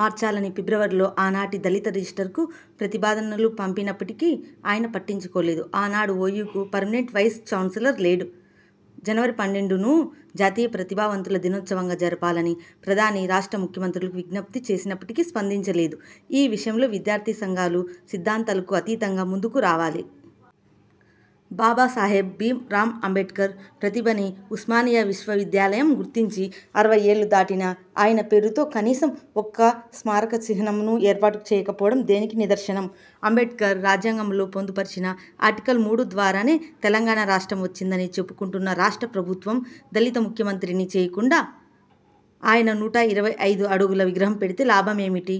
మార్చాలని ఫిబ్రవరిలో ఆనాటి దళిత రిజిస్ట్రార్కు ప్రతిపాదనలు పంపినప్పటికీ ఆయన పట్టించుకోలేదు. ఆనాడు ఓయూకు పర్మినెంట్ వైస్ ఛాన్స్లర్ లేడు. జనవరి పన్నెండును, జాతీయ ప్రతిభా వంతుల దినోత్సవంగా జరపాలని ప్రధాని, రాష్ట్ర ముఖ్య మంత్రులకు విజ్ఞప్తి చేసినప్పటికీ స్పందించలేదు. ఈ విషయంలో విద్యార్థి సంఘాలు సిద్ధాంతాలకు అతీతంగా ముందుకు రావాలి. బాబాసాహెబ్ భీం రామ్ అంబేడ్కర్ ప్రతిభని ఉస్మానియా విశ్వ విద్యాలయం గుర్తించి అరవై ఏళ్ళు దాటినా ఆయన పేరుతో కనీసం ఒక్క స్మారక చిహ్నంను ఏర్పాటు చేయకపోవడం దేనికి నిదర్శనం? అంబేడ్కర్ రాజ్యాంగంలో పొందుపర్చిన 'ఆర్టికల్ మూడు' ద్వారానే తెలంగాణ రాష్ట్రం వచ్చిందని చెప్పుకుంటున్న రాష్ట్ర ప్రభుత్వం దళిత ముఖ్య మంత్రిని చేయకుండా ఆయన నూట ఇరవై ఐదు అడుగుల విగ్రహం పెడితే లాభం ఏమిటి?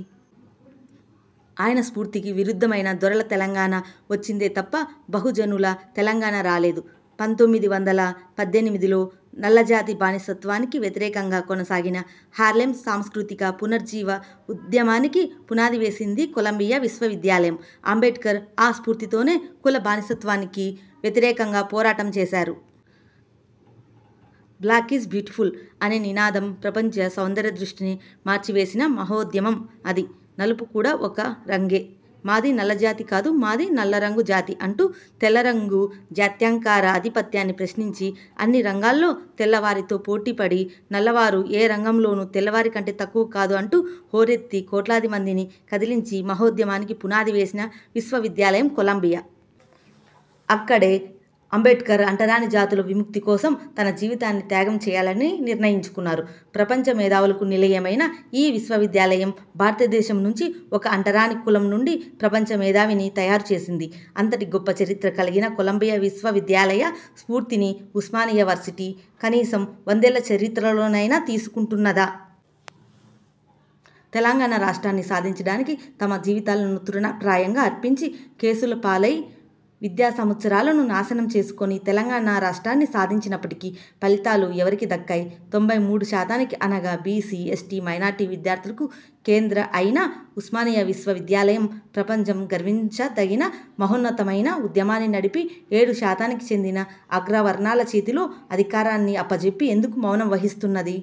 ఆయన స్ఫూర్తికి విరుద్ధమైన దొరల తెలంగాణ వచ్చిందే తప్పా బహు జనుల తెలంగాణ రాలేదు. పంతొమ్మిది వందల పద్దెనిమిదిలో నల్లజాతి బానిసత్వానికి వ్యతిరేకంగా కొనసాగిన హార్లేమ్ సాంస్కృతిక పునరుజ్జీవ ఉద్యమానికి పునాది వేసింది కొలంబియా విశ్వవిద్యాలయం. అంబేడ్కర్ ఆ స్ఫూర్తితోనే కుల బానిసత్వానికి వ్యతిరేకంగా పోరాటం చేసారు. బ్లాక్ ఈజ్ బ్యూటిఫుల్ అనే నినాదం ప్రపంచ సౌందర్య దృష్టినే మార్చివేసిన మహోద్యమం అది. నలుపు కూడా ఒక రంగే మాది నల్లజాతి కాదు మాది నల్లరంగు జాతి అంటూ తెల్లరంగు జాత్యంకార ఆధిపత్యాన్ని ప్రశ్నించి అన్ని రంగాల్లో తెల్ల వారితో పోటీ పడి నల్ల వారు ఏ రంగంలోనూ తెల్లవారి కంటే తక్కువ కాదు అంటూ హోరెత్తి కోట్లాది మందిని కదిలించి మహోద్యమానికి పునాది వేసిన విశ్వ విద్యాలయం కొలంబియా. అక్కడే అంబేడ్కర్ అంటరాని జాతుల విముక్తి కోసం తన జీవితాన్ని త్యాగం చేయాలని నిర్ణయించుకున్నారు. ప్రపంచ మేధావులకు నిలయమైన ఈ విశ్వవిద్యాలయం భారతదేశం నుంచి ఒక అంటరాని కులం నుండి ప్రపంచ మేధావిని తయారుచేసింది. అంతటి గొప్పచరిత్ర కల్గిన కొలంబియా విశ్వ విద్యాలయ స్ఫూర్తిని ఉస్మానియా వర్సిటీ కనీసం వందేళ్ళ చరిత్రలోనైనా తీసుకుంటున్నదా? తెలంగాణ రాష్ట్రాన్ని సాధించడానికి తమ జీవితాలను తృణ ప్రాయంగా అర్పించి కేసుల పాలై విద్యా సంవత్సరాలను నాశనం చేసుకొని తెలంగాణ రాష్ట్రాన్ని సాధించినప్పటికి ఫలితాలు ఎవరికి దక్కాయి? తొంభై మూడు శాతానికి అనగా బీసీ ఎస్టీ మైనార్టీ విద్యార్థులకు కేంద్ర అయిన ఉస్మానియా విశ్వ విద్యాలయం ప్రపంచం గర్వించ తగిన మహోన్నతమైన ఉద్యమాన్ని నడిపి ఏడు శాతానికి చెందిన అగ్రవర్ణాల చేతిలో అధికారాన్ని అప్ప జెప్పి ఎందుకు మౌనం వహిస్తున్నది?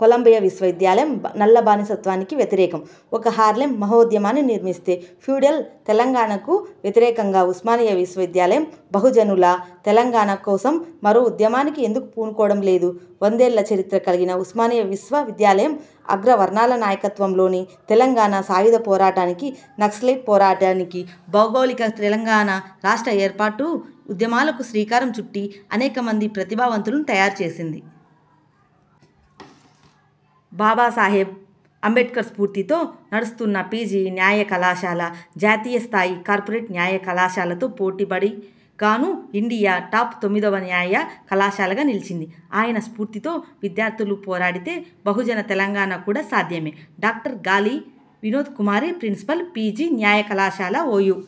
కొలంబియా విశ్వవిద్యాలయం నల్లబానిసత్వానికి వ్యతిరేకం ఒక హర్లేమ్ మహోద్యమాన్ని నిర్మిస్తే ఫ్యూడల్ తెలంగాణకు వ్యతిరేకంగా ఉస్మానియా విశ్వ విద్యాలయం బహుజనుల తెలంగాణ కోసం మరో ఉద్యమానికి ఎందుకు పూనుకోవడం లేదు? వందేళ్ళ చరిత్ర కల్గిన ఉస్మానియా విశ్వ విద్యాలయం అగ్రవర్ణాల నాయకత్వంలోని తెలంగాణ సాయుధ పోరాటానికి, నక్సలైట్ పోరాటానికి, భౌగోళిక తెలంగాణ రాష్ట్ర ఏర్పాటు ఉద్యమాలకు శ్రీకారం చుట్టి, అనేక మంది ప్రతిభావంతులను తయారు చేసింది. బాబాసాహెబ్ అంబేడ్కర్ స్ఫూర్తితో నడుస్తున్న పీజీ న్యాయకళాశాల, జాతీయ స్థాయి కార్పొరేట్ న్యాయ కళాశాలతో పోటీపడి గాను ఇండియా టాప్ తొమ్మిదివ న్యాయ కళాశాలగా నిలిచింది. ఆయన స్ఫూర్తితో విద్యార్థులు పోరాడితే బహుజన తెలంగాణ కూడా సాధ్యమే. Doctor Gali Vinod Kumari principal, PG న్యాయకళాశాల, ఓయూ